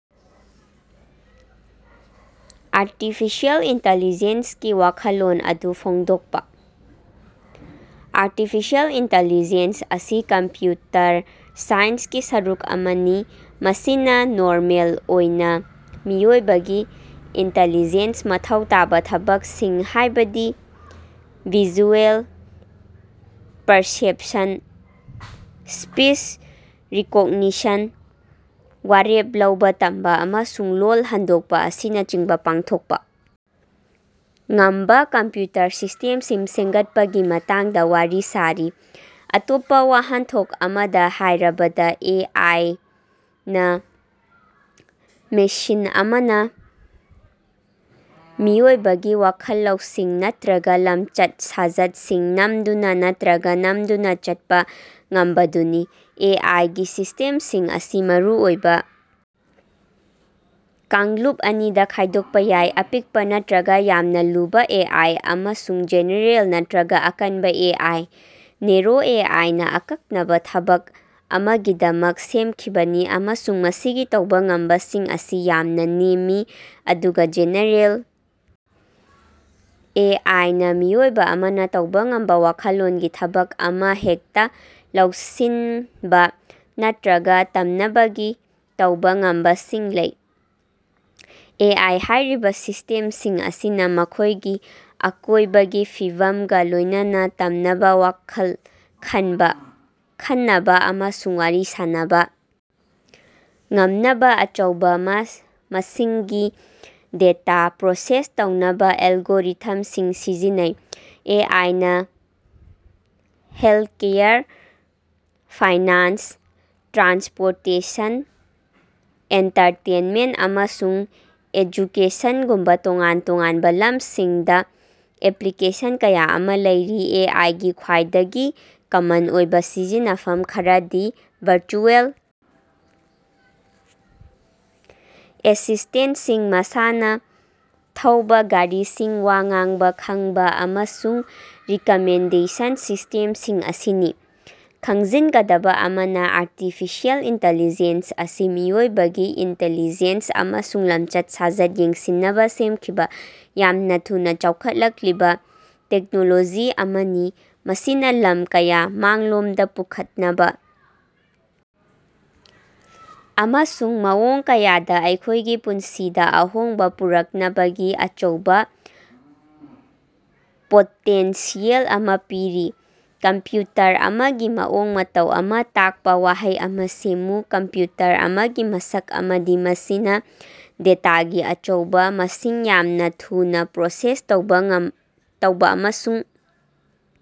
Artificial ꯏꯟꯇꯤꯂꯤꯖꯦꯟꯁꯀꯤ ꯋꯥꯈꯜꯂꯣꯟ ꯑꯗꯨ ꯐꯣꯡꯗꯣꯛꯄ꯫ ꯑꯥꯔꯇꯤꯐꯤꯁꯤꯑꯦꯜ ꯏꯟꯇꯤꯂꯤꯖꯦꯟꯁ ꯑꯁꯤ ꯀꯝꯄꯤꯌꯨꯇꯔ ꯁꯥꯏꯟꯁꯀꯤ ꯁꯔꯨꯛ ꯑꯃꯅꯤ ꯃꯁꯤꯅ ꯅꯣꯔꯃꯦꯜ ꯑꯣꯏꯅ ꯃꯤꯑꯣꯏꯕꯒꯤ ꯏꯟꯇꯦꯂꯤꯖꯦꯟꯁ ꯃꯊꯧ ꯇꯥꯕ ꯊꯕꯛꯁꯤꯡ ꯍꯥꯏꯕꯗꯤ ꯚꯤꯖꯨꯑꯦꯜ ꯄꯔꯁꯦꯞꯁꯟ ꯁꯄꯤꯁ ꯔꯤꯀꯣꯛꯅꯤꯁꯟ ꯋꯥꯔꯦꯞ ꯂꯧꯕ ꯇꯝꯕ ꯑꯃꯁꯨꯡ ꯂꯣꯜ ꯍꯟꯗꯣꯛꯄ ꯑꯁꯤꯅꯆꯤꯡꯕ ꯄꯥꯡꯊꯣꯛꯄ ꯉꯝꯕ ꯀꯝꯄꯤꯌꯨꯇꯔ ꯁꯤꯁꯇꯦꯝꯁꯤꯡ ꯁꯦꯝꯒꯠꯄꯒꯤ ꯃꯇꯥꯡꯗ ꯋꯥꯔꯤ ꯁꯥꯔꯤ꯫ ꯑꯇꯣꯞꯄ ꯋꯥꯍꯟꯊꯣꯛ ꯑꯃꯗ ꯍꯥꯏꯔꯕꯗꯥ ꯑꯦ ꯑꯥꯏ ꯅꯥ ꯃꯦꯁꯤꯟ ꯑꯃꯅ ꯃꯤꯑꯣꯏꯕꯒꯤ ꯋꯥꯈꯜ ꯂꯧꯁꯤꯡ ꯅꯠꯇ꯭ꯔꯒ ꯂꯃꯆꯠ ꯁꯥꯖꯠꯁꯤꯡ ꯅꯝꯗꯨꯅ ꯅꯠꯇ꯭ꯔꯒ ꯅꯝꯗꯨꯅ ꯆꯠꯄ ꯉꯝꯕꯗꯨꯅꯤ꯫ ꯑꯦ ꯑꯥꯏ ꯒꯤ ꯁꯤꯁꯇꯦꯝꯁꯤꯡ ꯑꯁꯤ ꯃꯔꯨꯑꯣꯏꯕ ꯀꯥꯡꯂꯨꯞ ꯑꯅꯤꯗ ꯈꯥꯏꯗꯣꯛꯄ ꯌꯥꯏ ꯑꯄꯤꯛꯄ ꯅꯠꯇ꯭ꯔꯒ ꯌꯥꯝꯅ ꯂꯨꯕ ꯑꯦ ꯑꯥꯏ ꯑꯃꯁꯨꯡ ꯖꯦꯅꯦꯔꯦꯜ ꯅꯠꯇ꯭ꯔꯒ ꯑꯀꯟꯕ ꯑꯦ ꯑꯥꯏ ꯅꯦꯔꯣ ꯑꯦ ꯑꯥꯏ ꯅ ꯑꯀꯛꯅꯕ ꯊꯕꯛ ꯑꯃꯒꯤꯗꯃꯛ ꯁꯦꯝꯈꯤꯕꯅꯤ ꯑꯃꯁꯨꯡ ꯃꯁꯤꯒꯤ ꯇꯧꯕ ꯉꯝꯕꯁꯤꯡ ꯑꯁꯤ ꯌꯥꯝꯅ ꯅꯦꯝꯃꯤ ꯑꯗꯨꯒ ꯖꯦꯅꯦꯔꯦꯜ ꯑꯦ ꯑꯥꯏ ꯅꯥ ꯃꯤꯑꯣꯏꯕ ꯑꯃꯅ ꯇꯧꯕ ꯉꯝꯕ ꯋꯥꯈꯜꯒꯤ ꯊꯕꯛ ꯑꯃ ꯍꯦꯛꯇ ꯂꯧꯁꯤꯟꯕ ꯅꯠꯇ꯭ꯔꯒ ꯇꯝꯅꯕꯒꯤ ꯇꯧꯕ ꯉꯝꯕꯁꯤꯡ ꯂꯩ꯫ ꯑꯦ ꯑꯥꯏ ꯍꯥꯏꯔꯤꯕ ꯁꯤꯁꯇꯦꯝꯁꯤꯡ ꯑꯁꯤꯅ ꯃꯈꯣꯏꯒꯤ ꯑꯀꯣꯏꯕꯒꯤ ꯐꯤꯕꯝꯒ ꯂꯣꯏꯅꯅ ꯇꯝꯅꯕ ꯋꯥꯈꯜ ꯈꯟꯕ ꯈꯪꯅꯕ ꯑꯃꯁꯨꯡ ꯋꯥꯔꯤ ꯁꯥꯟꯅꯕ ꯉꯝꯅꯕ ꯑꯆꯧꯕ ꯃꯁꯤꯡꯒꯤ ꯗꯦꯇꯥ ꯄꯔꯣꯁꯦꯁ ꯇꯧꯅꯕ ꯑꯦꯜꯒꯣꯔꯤꯊꯝꯁꯤꯡ ꯁꯤꯖꯤꯟꯅꯩ꯫ ꯑꯦ ꯑꯥꯏ ꯅ ꯍꯦꯜꯀꯦꯌꯔ ꯐꯥꯏꯅꯥꯟꯁ ꯇ꯭ꯔꯥꯟꯁꯄꯣꯔꯇꯦꯁꯟ ꯑꯦꯟꯇꯔꯇꯦꯟꯃꯦꯟꯇ ꯑꯃꯁꯨꯡ ꯑꯦꯖꯨꯀꯦꯁꯟꯒꯨꯝꯕ ꯇꯣꯉꯥꯟ ꯇꯣꯉꯥꯟꯕ ꯂꯝꯁꯤꯡꯗ ꯑꯦꯄꯂꯤꯀꯦꯁꯟ ꯀꯌꯥ ꯑꯃ ꯂꯩꯔꯤ꯫ ꯑꯦ ꯑꯥꯏ ꯒꯤ ꯈ꯭ꯋꯥꯏꯗꯒꯤ ꯀꯃꯟ ꯑꯣꯏꯕ ꯁꯤꯖꯤꯟꯅꯐꯝ ꯈꯔꯗꯤ ꯚꯔꯆꯨꯑꯦꯜ ꯑꯦꯁꯤꯁꯇꯦꯟꯁꯤꯡ ꯃꯁꯥꯅ ꯊꯧꯕ ꯒꯥꯔꯤꯁꯤꯡ ꯋꯥ ꯉꯥꯡꯕ ꯈꯪꯕꯥ ꯑꯃꯁꯨꯡ ꯔꯤꯀꯃꯦꯟꯗꯦꯁꯟ ꯁꯤꯁꯇꯦꯝꯁꯤꯡ ꯑꯁꯤꯅꯤ꯫ ꯈꯪꯖꯤꯟꯒꯗꯕ ꯑꯃꯅ ꯑꯥꯔꯇꯤꯐꯤꯁꯤꯑꯦꯜ ꯏꯟꯇꯤꯂꯤꯖꯦꯟꯁ ꯑꯁꯤ ꯃꯤꯑꯣꯏꯕꯒꯤ ꯏꯟꯇꯦꯂꯤꯖꯦꯟꯁ ꯑꯃꯁꯨꯡ ꯂꯝꯆꯠ ꯁꯥꯖꯠ ꯌꯦꯡꯁꯤꯟꯅꯕ ꯁꯦꯝꯈꯤꯕ ꯌꯥꯝꯅ ꯊꯨꯅ ꯆꯥꯎꯈꯠꯂꯛꯂꯤꯕ ꯇꯦꯛꯅꯣꯂꯣꯖꯤ ꯑꯃꯅꯤ ꯃꯁꯤꯅ ꯂꯝ ꯀꯌꯥ ꯃꯥꯡꯂꯣꯝꯗ ꯄꯨꯈꯠꯅꯕ ꯑꯃꯁꯨꯡ ꯃꯑꯣꯡ ꯀꯌꯥꯗ ꯑꯩꯈꯣꯏꯒꯤ ꯄꯨꯟꯁꯤꯗ ꯑꯍꯣꯡꯕ ꯄꯨꯔꯛꯅꯕꯒꯤ ꯑꯆꯧꯕ ꯄꯣꯇꯦꯟꯁꯤꯌꯦꯜ ꯑꯃ ꯄꯤꯔꯤ꯫ ꯀꯝꯄꯤꯌꯨꯇꯔ ꯑꯃꯒꯤ ꯃꯑꯣꯡ ꯃꯇꯧ ꯑꯃ ꯇꯥꯛꯄ ꯋꯥꯍꯩ ꯑꯃ ꯁꯦꯝꯃꯨ꯫ ꯀꯝꯄꯤꯌꯨꯇꯔ ꯑꯃꯒꯤ ꯃꯁꯛ ꯑꯃꯗꯤ ꯃꯁꯤꯅ ꯗꯦꯇꯥꯒꯤ ꯑꯆꯧꯕ ꯃꯁꯤꯡ ꯌꯥꯝꯅ ꯊꯨꯅ ꯄꯔꯣꯁꯦꯁ ꯇꯧꯕ ꯉꯝ ꯇꯧꯕ ꯑꯃꯁꯨꯡ